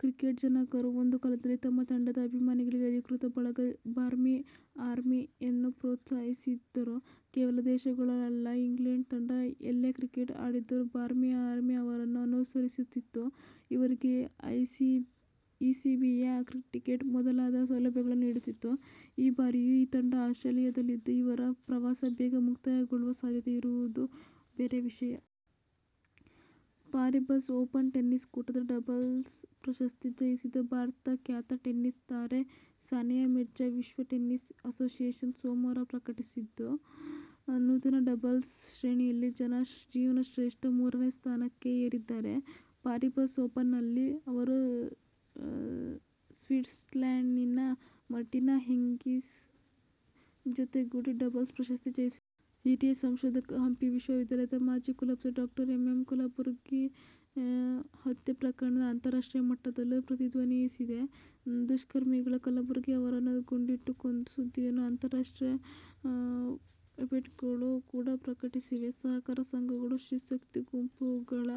Cricket ಜನಕರು ಒಂದು ಕಾಲದಲ್ಲಿ ತಮ್ಮ ತಂಡದ ಅಭಿಮಾನಿಗಳ ಅಧಿಕೃತ ಬಳಗ "ಬಾರ್ಮಿ ಆರ್ಮಿ'ಯನ್ನು ಪೊತ್ಸಾಹಿಸಿದ್ದರು. ಕೇವಲ ದೇಶದೊಳಗಲ್ಲ, ಇಂಗ್ಲೆಂಡ್ ತಂಡ ಎಲ್ಲೇ ಕ್ರಿಕೆಟ್ ಆಡಿದರೂ ಬಾರ್ಮಿ ಆರ್ಮಿ ಅವರನ್ನು ಅನುಸರಿಸುತ್ತಿತ್ತು. ಇವರಿಗೆ ಇಸಿಬಿಯೇ ಟಿಕೆಟ್ ಮೊದಲಾದ ಸೌಲಭ್ಯಗಳನ್ನುನೀಡುತ್ತಿತ್ತು. ಈ ಬಾರಿಯೂ ಈ ತಂಡ ಆಸ್ಟ್ರೇಲಿಯದಲ್ಲಿದ್ದು, ಇವರ ಪ್ರವಾಸ ಬೇಗ ಮುಕ್ತಾಯಗೊಳ್ಳುವ ಸಾಧ್ಯತೆ ಇರುವುದು ಬೇರೆ ವಿಷಯ! ಪಾರಿಬಸ್ ಓಪನ್ ಟೆನಿಸ್ ಕೂಟದ ಡಬಲ್ಸ್ ಪ್ರಶಸ್ತಿ ಜಯಿಸಿದ ಭಾರತದ ಖ್ಯಾತ ಟೆನಿಸ್ ತಾರೆ ಸಾನಿಯಾ ಮಿರ್ಜಾ ವಿಶ್ವ ಟೆನಿಸ್ ಅಸೋಸಿಯೇಶನ್ ಸೋಮವಾರ ಪ್ರಕಟಿಸಿದ ನೂತನ ಡಬಲ್ಸ್ ಶ್ರೇಣಿಯಲ್ಲಿ ತನ್ನ ಜೀವನಶ್ರೇಷ್ಠ ಮೂರನೇ ಸ್ಥಾನಕ್ಕೆ ಏರಿದ್ದಾರೆ. ಪಾರಿಬಸ್ ಓಪನ್ನಲ್ಲಿ ಅವರು ಸ್ವಿಟ್ಸರ್ಲ್ಯಾಂಡಿನ ಮಾರ್ಟಿನಾ ಹಿಂಗಿಸ್ ಜತೆಗೂಡಿ ಡಬಲ್ಸ್ ಪ್ರಶಸ್ತಿ ಜಯಿಸಿದ್ದರು. ಹಿರಿಯ ಸಂಶೋಧಕ, ಹಂಪಿ ವಿಶ್ವವಿದ್ಯಾಲಯದ ಮಾಜಿ ಕುಲಪತಿ ಡಾ ಎಂ. ಎಂ. ಕಲುಬರ್ಗಿ ಹತ್ಯೆ ಪ್ರಕರಣ ಅಂತಾರಾಷ್ಟ್ರೀಯ ಮಟ್ಟದಲ್ಲೂ ಪ್ರತಿಧ್ವನಿಸಿದೆ. ದುಷ್ಕರ್ಮಿಗಳು ಕಲಬುರ್ಗಿ ಅವರನ್ನು ಗುಂಡಿಟ್ಟು ಕೊಂದ ಸುದ್ದಿಯನ್ನು ಅಂತಾರಾಷ್ಟ್ರೀಯ ವೆಬ್ಸೈಟ್ಗಳು ಕೂಡ ಪ್ರಕಟಿಸಿವೆ. ಸಹಕಾರ ಸಂಘಗಳು, ಸ್ತ್ರೀಶಕ್ತಿ ಗುಂಪುಗಳ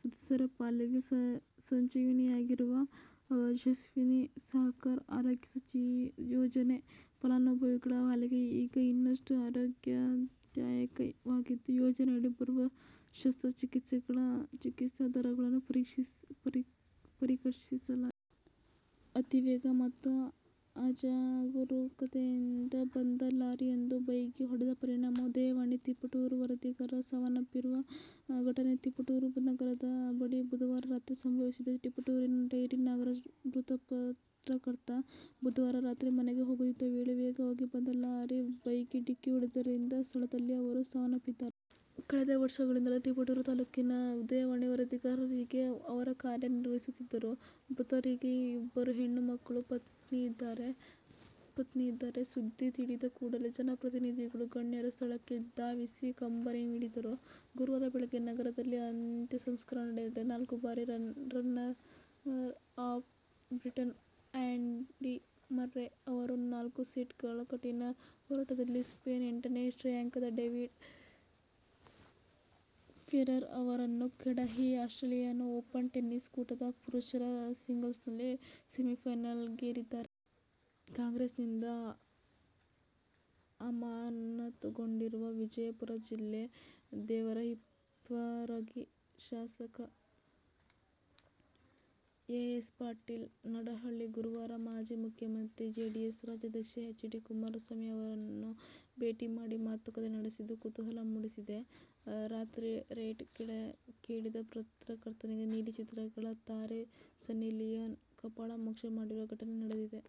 ಸದಸ್ಯರ ಪಾಲಿಗೆ 'ಸಂಜೀವಿನಿ'ಯಾಗಿರುವ ಯಶಸ್ವಿನಿ ಸಹಕಾರ ಆರೋಗ್ಯ ಯೋಜನೆ ಫಲಾನುಭವಿಗಳ ಪಾಲಿಗೆ ಈಗ ಇನ್ನಷ್ಟು "ಅರೋಗ್ಯದಾಯಕ'ವಾಗಿದ್ದು, ಯೋಜನೆಯಡಿ ಬರುವ ಶಸ್ತ್ರಚಿಕಿತ್ಸೆಗಳ ಚಿಕಿತ್ಸಾ ದರಗಳನ್ನು ಪರಿಷ್ಕರಿಸಲಾಗಿದೆ. ಅತಿವೇಗ ಮತ್ತು ಅಜಾಗರೂಕತೆಯಿಂದ ಬಂದ ಲಾರಿಯೊಂದು ಬೈಕ್ಗೆ ಹೊಡೆದ ಪರಿಣಾಮ "ಉದಯವಾಣಿ'ಯ ತಿಪಟೂರು ವರದಿಗಾರ ಸಾವನ್ನಪ್ಪಿರುವ ಘಟನೆ ತಿಪಟೂರು ನಗರದ ಬಳಿ ಬುಧವಾರ ರಾತ್ರಿ ಸಂಭವಿಸಿದೆ. ತಿಪಟೂರಿನ ಡೈರಿ ನಾಗರಾಜ್ ಮೃತ ಪತ್ರಕರ್ತ. ಬುಧವಾರ ರಾತ್ರಿ ಮನೆಗೆ ಹೋಗುತ್ತಿದ್ದ ವೇಳೆ ವೇಗವಾಗಿ ಬಂದ ಲಾರಿ ಬೈಕ್ಗೆ ಡಿಕ್ಕಿ ಹೊಡೆದಿದ್ದರಿಂದ ಸ್ಥಳದಲ್ಲೇ ಅವರು ಸಾವನ್ನಪ್ಪಿದ್ದಾರೆ. ಕಳೆದ ವರ್ಷಗಳಿಂದಲೂ ತಿಪಟೂರು ತಾಲೂಕಿನ "ಉದಯವಾಣಿ' ವರದಿಗಾರರಾಗಿ ಅವರು ಕಾರ್ಯ ನಿರ್ವಹಿಸುತ್ತಿದ್ದರು. ಮೃತರಿಗೆ ಇಬ್ಬರು ಹೆಣ್ಣು ಮಕ್ಕಳು, ಪತ್ನಿ ಇದ್ದಾರೆ. ಸುದ್ದಿ ತಿಳಿದ ಕೂಡಲೇ ಜನಪ್ರತಿನಿಧಿಗಳು, ಗಣ್ಯರು ಸ್ಥಳಕ್ಕೆ ಧಾವಿಸಿ ಕಂಬನಿ ಮಿಡಿದರು. ಗುರುವಾರ ಬೆಳಗ್ಗೆ ನಗರದಲ್ಲಿ ಅಂತ್ಯ ಸಂಸ್ಕಾರ ನಡೆಯಲಿದೆ. ನಾಲ್ಕು ಬಾರಿಯ ರನ್ನರ್ ಅಪ್ ಬ್ರಿಟನ್ನ ಆ್ಯಂಡಿ ಮರ್ರೆ ಅವರು ನಾಲ್ಕು ಸೆಟ್ಗಳ ಕಠಿನ ಹೋರಾಟದಲ್ಲಿ ಸ್ಪೇನ್ನ ಎಂಟನೇ ಶ್ರೇಯಾಂಕದ ಡೇವಿಡ್ ಫೆರರ್ ಅವರನ್ನು ಕೆಡಹಿ ಆಸ್ಟ್ರೇಲಿಯನ್ ಓಪನ್ ಟೆನಿಸ್ ಕೂಟದ ಪುರುಷರ ಸಿಂಗಲ್ಸ್ನಲ್ಲಿ ಸೆಮಿಫೈನಲಿಗೇರಿದ್ದಾರೆ. ಕಾಂಗ್ರೆಸ್ನಿಂದ ಅಮಾನತುಗೊಂಡಿರುವ ವಿಜಯಪುರ ಜಿಲ್ಲೆ ದೇವರಹಿಪ್ಪರಗಿ ಶಾಸಕ ಎ. ಎಸ್. ಪಾಟೀಲ್ ನಡಹಳ್ಳಿ ಗುರುವಾರ ಮಾಜಿ ಮುಖ್ಯಮಂತ್ರಿ ಜೆಡಿಎಸ್ ರಾಜ್ಯಾಧ್ಯಕ್ಷ ಎಚ್. ಡಿ. ಕುಮಾರಸ್ವಾಮಿ ಅವರನ್ನು ಭೇಟಿ ಮಾಡಿ ಮಾತುಕತೆ ನಡೆಸಿದ್ದು ಕುತೂಹಲ ಮೂಡಿಸಿದೆ. "ರಾತ್ರಿ ರೇಟ್' ಕೇಳಿದ ಪತ್ರಕರ್ತನಿಗೆ ನೀಲಿಚಿತ್ರಗಳ ತಾರೆ ಸನ್ನಿ ಲಿಯೋನ್ ಕಪಾಳಮೋಕ್ಷ ಮಾಡಿರುವ ಘಟನೆ ನಡೆದಿದೆ.